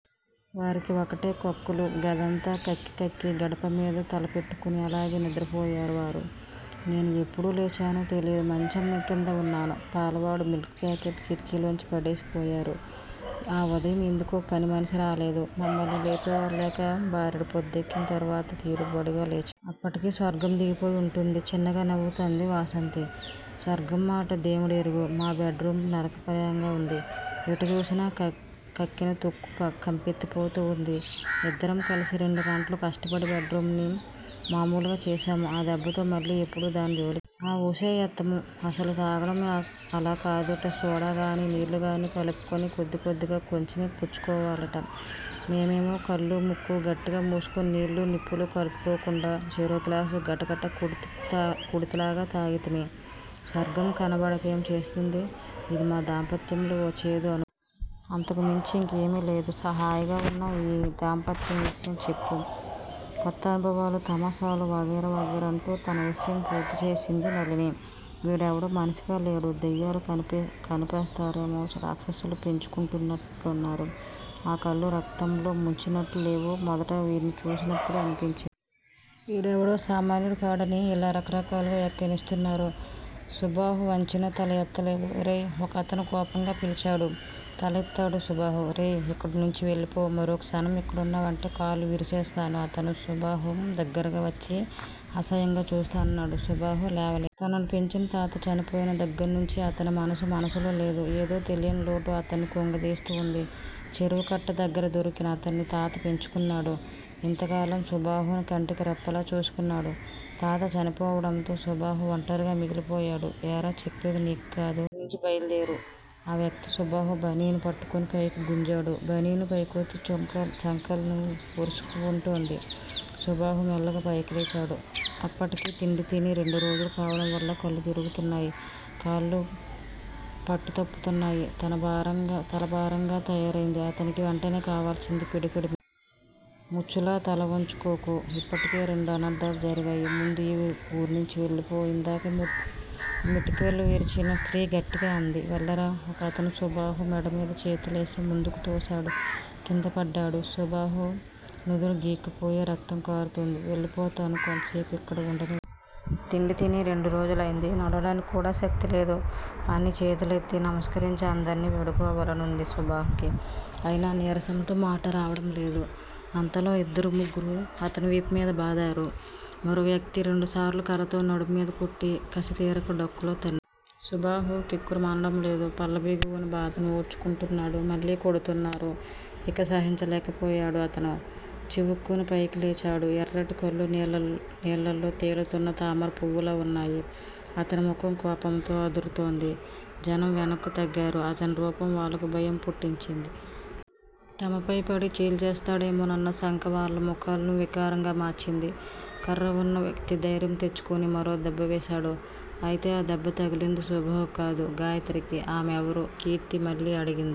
వారికి వకటే కక్కులు. గదంతా కక్కి కక్కి గడపమీద తలపెట్టుకుని అలాగే నిద్రపోయారు వారు. నేను ఎప్పుడు లేచానో తెలియదు. మంచంకింద వున్నాను. పాలవాడు మిల్క్ ప్యాకెట్ కిటికీలోంచి పడేసిపోయారు. ఆ ఉదయం ఎందుకో పనిమనిషి రాలేదు. మమ్మల్ని లేపేవారు లేక బారెడు పొద్దెక్కిం తరువాత తీరుబడిగా లేచాము. అప్పటికి స్వర్గం దిగిపోయి వుంటుంది చిన్నగా నవ్వుతూ అంది వాసంతి. స్వర్గంమాట దేముడెరుగు. మా బెడ్ రూమ్ నరకప్రాయంగా వుంది. ఎటు చూసినా కక్కిన తుక్కు కంపెత్తిపోతూ వుంది. ఇద్దరం కలిసి రెండుగంటలు కష్టపడి బెడ్ రూంని మామూలుగా చేశాము. ఆ దెబ్బతో మళ్ళీ ఎప్పుడూ దాని జోలికి పోలేదు. ఆ ఊసే ఎత్తము. అసలు తాగటం అలా కాదుట సోడాగాని నీళ్ళుగాని కలుపుకుని కొద్దికొద్దిగా కొంచెమే పుచ్చుకోవాలిట. మేమేమో కళ్ళూ ముక్కూ గట్టిగా మూసుకుని నీళ్ళూ నిప్పులూ కలుపుకోకుండా చెరో గ్లాసు గటగట కుడితి లాగా తాగితిమి. స్వర్గం కనపడకేం చేస్తుంది. ఇది మా దాంపత్యంలో ఓ చేదు అనుభవం. అంతకుమించి యింకేమీ లేదు. హాయిగా వున్నా యిక నీ దాంపత్యం విషయం చెప్పు. కొత్త అనుభవాలు తమాషాలు వగైరా వగైరా అంటూ తన విషయం పూర్తి చేసింది నళిని. వీడెవడో మనిషిగా లేడు. దెయ్యాలు కనిపారేస్తే రాక్షసులు పెంచుకుంటున్నట్టున్నాడు. ఆ కళ్ళు రక్తంలో ముంచినట్టు లేవూ మొదట వీడ్ని చూసినప్పుడే అనిపించింది. వీడెవడో సామాన్యుడు కాడని ఇలా రకరకాలుగా వ్యాఖ్యానిస్తున్నారు. సుబాహు వంచిన తల ఎత్తలేదు. రేయ్ ఒకతను కోపంగా పిలిచాడు. తలెత్తాడు సుబాహు. రేయ్. ఇక్కడ్నుంచి వెళ్ళిపో. మరో క్షణం ఇక్కడున్నావంటే కాళ్ళు విరిచేస్తాను అతను సుబాహు దగ్గరగా వచ్చి అసహ్యంగా చూస్తూ అన్నాడు. సుబాహు లేవలేదు. తనను పెంచిన తాత చనిపోయిన దగ్గర్నుంచి అతని మనసు మనసులో లేదు. ఏదో తెలియని లోటు అతన్ని కుంగదీస్తూ వుంది. చెరువు కట్ట దగ్గర దొరికిన అతన్ని తాత పెంచుకున్నాడు. ఇంతకాలం సుబాహును కంటికి రెప్పలా చూసుకున్నాడు. తాత చనిపోవడంతో సుబాహు ఒంటరిగా మిగిలిపోయాడు. ఏరా చెప్పేది నీక్కాదూ. ఇక్కడ్నుంచి బయల్దేరు ఆ వ్యక్తి సుబాహు బనీను పట్టుకుని పైకి గుంజాడు. బనీను పైకొచ్చి చంకలను ఒరుసుకుంటోంది. సుబాహు మెల్లగా పైకి లేచాడు. అప్పటికి తిండితిని రెండురోజులు కావడం వల్ల కళ్ళు తిరుగుతున్నాయి. కాళ్ళు పట్టుతప్పుతున్నాయి. తల భారంగా తయారైంది. అతనికి వెంటనే కావాల్సింది పిడికెడు మెతుకులు. ముచ్చులా తల వంచుకోకు. ఇప్పటికే రెండు అనర్థాలు జరిగాయి. ముందు ఈ వూర్నుంచి వెళ్ళిపో ఇందాక మెటికలు విరిచిన స్త్రీ గట్టిగా అంది. వెళ్ళరా ఒకతను సుబాహు మెడమీద చేతులేసి ముందుకు తోశాడు. కిందపడ్డాడు సుబాహు. నుదురు గీక్కుపోయి రక్తం కారుతోంది. వెళ్ళిపోతాను. కొంతసేపు ఇక్కడ వుండనివ్వండి. తిండి తిని రెండు రోజులైంది. నడవడానికి కూడా శక్తి లేదు. అని చేతులెత్తి నమస్కరించి అందరినీ వేడుకోవాలనుంది సుబాహుకి. అయినా నీరసంతో మాట రావడం లేదు. అంతలో ఇద్దరు ముగ్గురు అతని వీపుమీద బాదారు. మరో వ్యక్తి రెండుసార్లు కర్రతో నడుంమీద కొట్టి, కసి తీరక డొక్కలో తన్నాడు. సుబాహు కిక్కురు మనడం లేదు. పళ్ళబిగువున బాధను ఓర్చుకుంటున్నాడు. మళ్ళీ కొడుతున్నారు. ఇక సహించలేకపోయాడు అతను. చివుక్కున పైకి లేచాడు. ఎర్రటి కళ్ళు నీళ్ళల్లో తేలుతున్న తామర పువ్వుల్లా వున్నాయి. అతని ముఖం కోపంతో అదురుతోంది. జనం వెనక్కు తగ్గారు. అతని రూపం వాళ్ళకు భయం పుట్టించింది. తమపై పడి చీల్చేస్తాడేమోనన్న శంక వాళ్ళ ముఖాలను వికారంగా మార్చింది. కర్రవున్న వ్యక్తి ధైర్యం తెచ్చుకుని మరో దెబ్బ వేశాడు. అయితే ఆ దెబ్బ తగిలింది సుబాహుకు కాదు, గాయత్రికి. ఆమెవరు? కీర్తి మళ్లీ అడిగింది.